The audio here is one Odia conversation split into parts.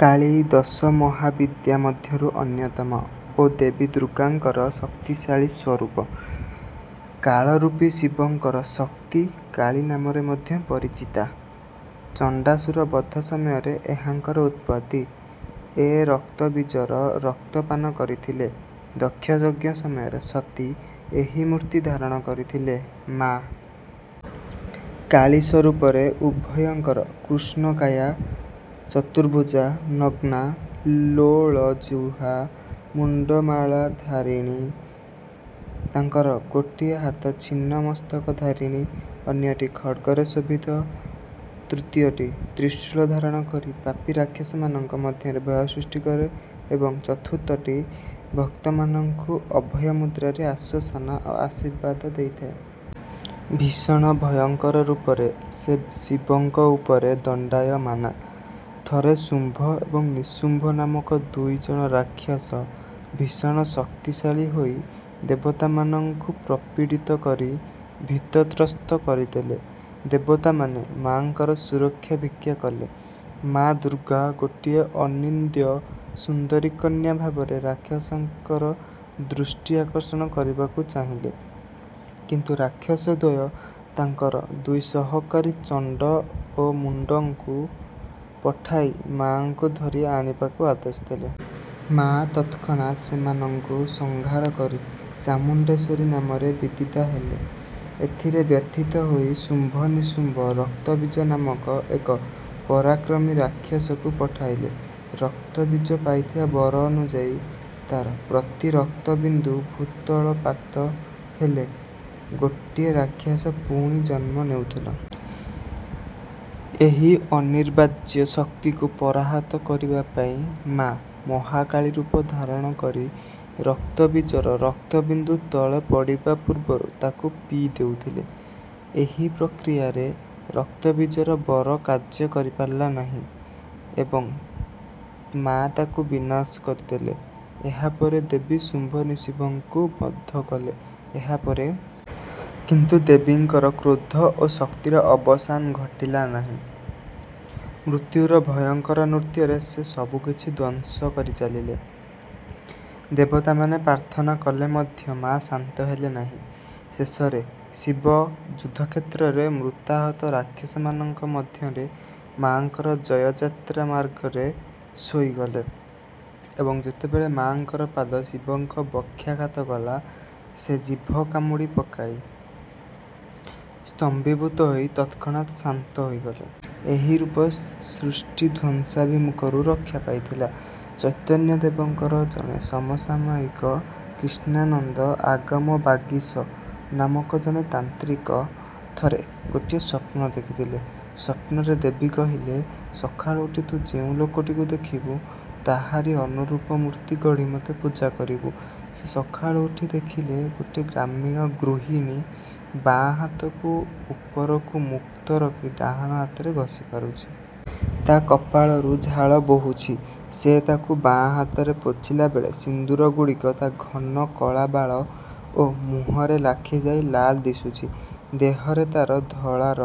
କାଳୀ ଦଶମହାବିଦ୍ୟା ମଧ୍ୟରୁ ଅନ୍ୟତମ ଓ ଦେବୀ ଦୁର୍ଗାଙ୍କର ଶକ୍ତିଶାଳୀ ସ୍ୱରୂପ। କାଳରୂପୀ ଶିବଙ୍କର ଶକ୍ତି କାଳୀ ନାମରେ ମଧ୍ୟ ପରିଚିତା। ଚଣ୍ଡାସୁର ବଧ ସମୟରେ ଏହାଙ୍କର ଉତ୍ପତ୍ତି ଏ ରକ୍ତବୀଜର ରକ୍ତ ପାନ କରିଥିଲେ। ଦକ୍ଷଯଜ୍ଞ ସମୟରେ ସତୀ ଏହି ମୂର୍ତ୍ତି ଧାରଣ କରିଥିଲେ। ମା କାଳୀ ସ୍ୱରୂପରେ ଉଭୟଙ୍କର କୃଷ୍ଣକାୟା, ଚତୁର୍ଭୁଜା, ନଗ୍ନା, ଲୋଳଜିହ୍ୱା, ମୁଣ୍ଡମାଳାଧାରିଣୀ। ତାଙ୍କର ଗୋଟିଏ ହାତ ଛିନ୍ନ-ମସ୍ତକ ଧାରିଣୀ ଅନ୍ୟଟି ଖଡ୍ଗରେ ଶୋଭିତ ତୃତୀୟଟି ତ୍ରିଶୂଳ ଧାରଣ କରି ପାପୀ ରାକ୍ଷସମାନଙ୍କ ମଧ୍ୟରେ ଭୟ ସୃଷ୍ଟି କରେ ଏବଂ ଚତୁର୍ଥଟି ଭକ୍ତମାନଙ୍କୁ ଅଭୟ ମୁଦ୍ରାରେ ଆଶ୍ୱାସନା ଓ ଆଶୀର୍ବାଦ ଦେଇଥାଏ। ଭୀଷଣ ଭୟଙ୍କର ରୂପରେ ସେ ଶିବଙ୍କ ଉପରେ ଦଣ୍ଡାୟମାନା। ଥରେ ଶୁମ୍ଭ ଏବଂ ନିଶୁମ୍ଭ ନାମକ ଦୁଇ ଜଣ ରାକ୍ଷସ ଭୀଷଣ ଶକ୍ତିଶାଳୀ ହୋଇ ଦେବତାମାନଙ୍କୁ ପ୍ରପୀଡ଼ିତ କରି ଭୀତତ୍ରସ୍ତ କରିଦେଲେ। ଦେବତାମାନେ ମା'ଙ୍କର ସୁରକ୍ଷା ଭିକ୍ଷା କଲେ। ମା' ଦୁର୍ଗା ଗୋଟିଏ ଅନିନ୍ଦ୍ୟ ସୁନ୍ଦରୀ କନ୍ୟା ଭାବରେ ରାକ୍ଷସଙ୍କର ଦୃଷ୍ଟି ଆକର୍ଷଣ କରିବାକୁ ଚାହିଁଲେ, କିନ୍ତୁ ରାକ୍ଷସ ଦ୍ୱୟ ତାଙ୍କର ଦୁଇ ସହକାରୀ ଚଣ୍ଡ ଓ ମୁଣ୍ଡଙ୍କୁ ପଠାଇ ମା'ଙ୍କୁ ଧରି ଆଣିବାକୁ ଆଦେଶ ଦେଲେ। ମା' ତତ୍କ୍ଷଣାତ୍ ସେମାନଙ୍କୁ ସଂହାର କରି ଚାମୁଣ୍ଡେଶ୍ୱରୀ ନାମରେ ବିଦିତା ହେଲେ। ଏଥିରେ ବ୍ୟଥିତ ହୋଇ ଶୁମ୍ଭ, ନିଶୁମ୍ଭ ରକ୍ତବୀଜ ନାମକ ଏକ ପରାକ୍ରମୀ ରାକ୍ଷସକୁ ପଠାଇଲେ। ରକ୍ତବୀଜ ପାଇଥିବା ବର ଅନୁଯାୟୀ ତା’ର ପ୍ରତି ରକ୍ତବିନ୍ଦୁ ଭୂତଳପାତ ହେଲେ ଗୋଟିଏ ରାକ୍ଷସ ପୁଣି ଜନ୍ମ ନେଉଥିଲା। ଏହି ଅନିବାର୍ଯ୍ୟ ଶକ୍ତିକୁ ପରାହତ କରିବା ପାଇଁ ମା' ମହାକାଳୀ ରୂପ ଧାରଣ କରି ରକ୍ତବୀଜର ରକ୍ତବିନ୍ଦୁ ତଳେ ପଡ଼ିବା ପୂର୍ବରୁ ତାକୁ ପିଇ ଦେଉଥିଲେ। ଏହି ପ୍ରକ୍ରିୟାରେ ରକ୍ତବୀଜର ବର କାର୍ଯ୍ୟ କରିପାରିଲା ନାହିଁ ଏବଂ ମା’ ତାକୁ ବିନାଶ କରିଦେଲେ। ଏହାପରେ ଦେବୀ ଶୁମ୍ଭ ନିଶୁମ୍ଭଙ୍କୁ ବଧ କଲେ। ଏହାପରେ କିନ୍ତୁ ଦେବୀଙ୍କର କ୍ରୋଧ ଓ ଶକ୍ତିର ଅବସାନ ଘଟିଲା ନାହିଁ। ମୃତ୍ୟୁର ଭୟଙ୍କର ନୃତ୍ୟରେ ସେ ସବୁକିଛି ଧ୍ୱଂସ କରି ଚାଲିଲେ। ଦେବତାମାନେ ପ୍ରାର୍ଥନା କଲେ ମଧ୍ୟ ମା’ ଶାନ୍ତ ହେଲେ ନାହିଁ। ଶେଷରେ ଶିବ ଯୁଦ୍ଧକ୍ଷେତ୍ରରେ ମୃତାହତ ରାକ୍ଷସମାନଙ୍କ ମଧ୍ୟରେ ମା'ଙ୍କର ଜୟଯାତ୍ରା ମାର୍ଗରେ ଶୋଇଗଲେ ଏବଂ ଯେତେବେଳେ ମା'ଙ୍କର ପାଦ ଶିବଙ୍କ ବକ୍ଷାଘାତ କଲା, ସେ ଜିଭ କାମୁଡ଼ି ପକାଇ, ସ୍ତମ୍ଭୀଭୂତ ହୋଇ ତତ୍କ୍ଷଣାତ୍ ଶାନ୍ତ ହୋଇଗଲେ। ଏହିରୂପ ସୃଷ୍ଟି ଧ୍ୱଂସାଭିମୁଖରୁ ରକ୍ଷା ପାଇଥିଲା। ଚୈତନ୍ୟଦେବଙ୍କର ଜଣେ ସମସାମୟିକ କ୍ରିଷ୍ଣାନନ୍ଦ ଆଗମବାଗୀଶ ନାମକ ଜଣେ ତାନ୍ତ୍ରିକ ଥରେ ଗୋଟିଏ ସ୍ୱପ୍ନ ଦେଖିଲେ। ସ୍ୱପ୍ନରେ ଦେବୀ କହିଲେ ସକାଳୁ ଉଠି ତୁ ଯେଉଁ ଲୋକଟିକୁ ଦେଖିବୁ ତାହାରି ଅନୁରୂପ ମୂର୍ତ୍ତି ଗଢ଼ି ମୋତେ ପୂଜା କରିବୁ। ସେ ସକାଳୁ ଉଠି ଦେଖିଲେ ଗୋଟିଏ ଗ୍ରାମୀଣ ଗୃହିଣୀ ବାଁ ହାତକୁ ଉପରକୁ ମୁକ୍ତ ରଖି ଡାହାଣ ହାତରେ ଘଷି ପାରୁଛି। ତା' କପାଳରୁ ଝାଳ ବୋହୁଛି। ସେ ତାକୁ ବାଁ ହାତରେ ପୋଛିଲା ବେଳେ ସିନ୍ଦୂରଗୁଡ଼ିକ ତା' ଘନ କଳା ବାଳ ଓ ମୁହଁରେ ଲାଖିଯାଇ ଲାଲ୍ ଦିଶୁଛି। ଦେହରେ ତା'ର ଧଳାର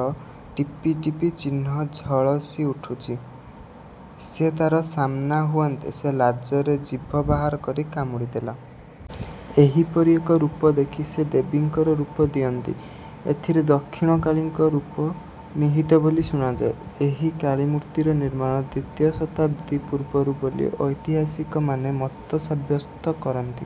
ଟିପିଟିପି ଚିହ୍ନ ଝଳସି ଉଠୁଛି। ସେ ତା'ର ସାମ୍ନା ହୁଅନ୍ତେ ସେ ଲାଜରେ ଜିଭ ବାହାର କରି କାମୁଡ଼ିଦେଲା। ଏହିପରି ଏକ ରୂପ ଦେଖି ସେ ଦେବୀଙ୍କର ରୂପ ଦିଅନ୍ତି। ଏଥିରେ ଦକ୍ଷିଣକାଳୀଙ୍କ ରୂପ ନିହିତ ବୋଲି ଶୁଣାଯାଏ। ଏହି କାଳୀ ମୂର୍ତ୍ତିର ନିର୍ମାଣ ଦ୍ୱିତୀୟ ଶତାବ୍ଦୀ ପୂର୍ବରୁ ବୋଲି ଐତିହାସିକମାନେ ମତ ସାବ୍ୟସ୍ତ କରନ୍ତି।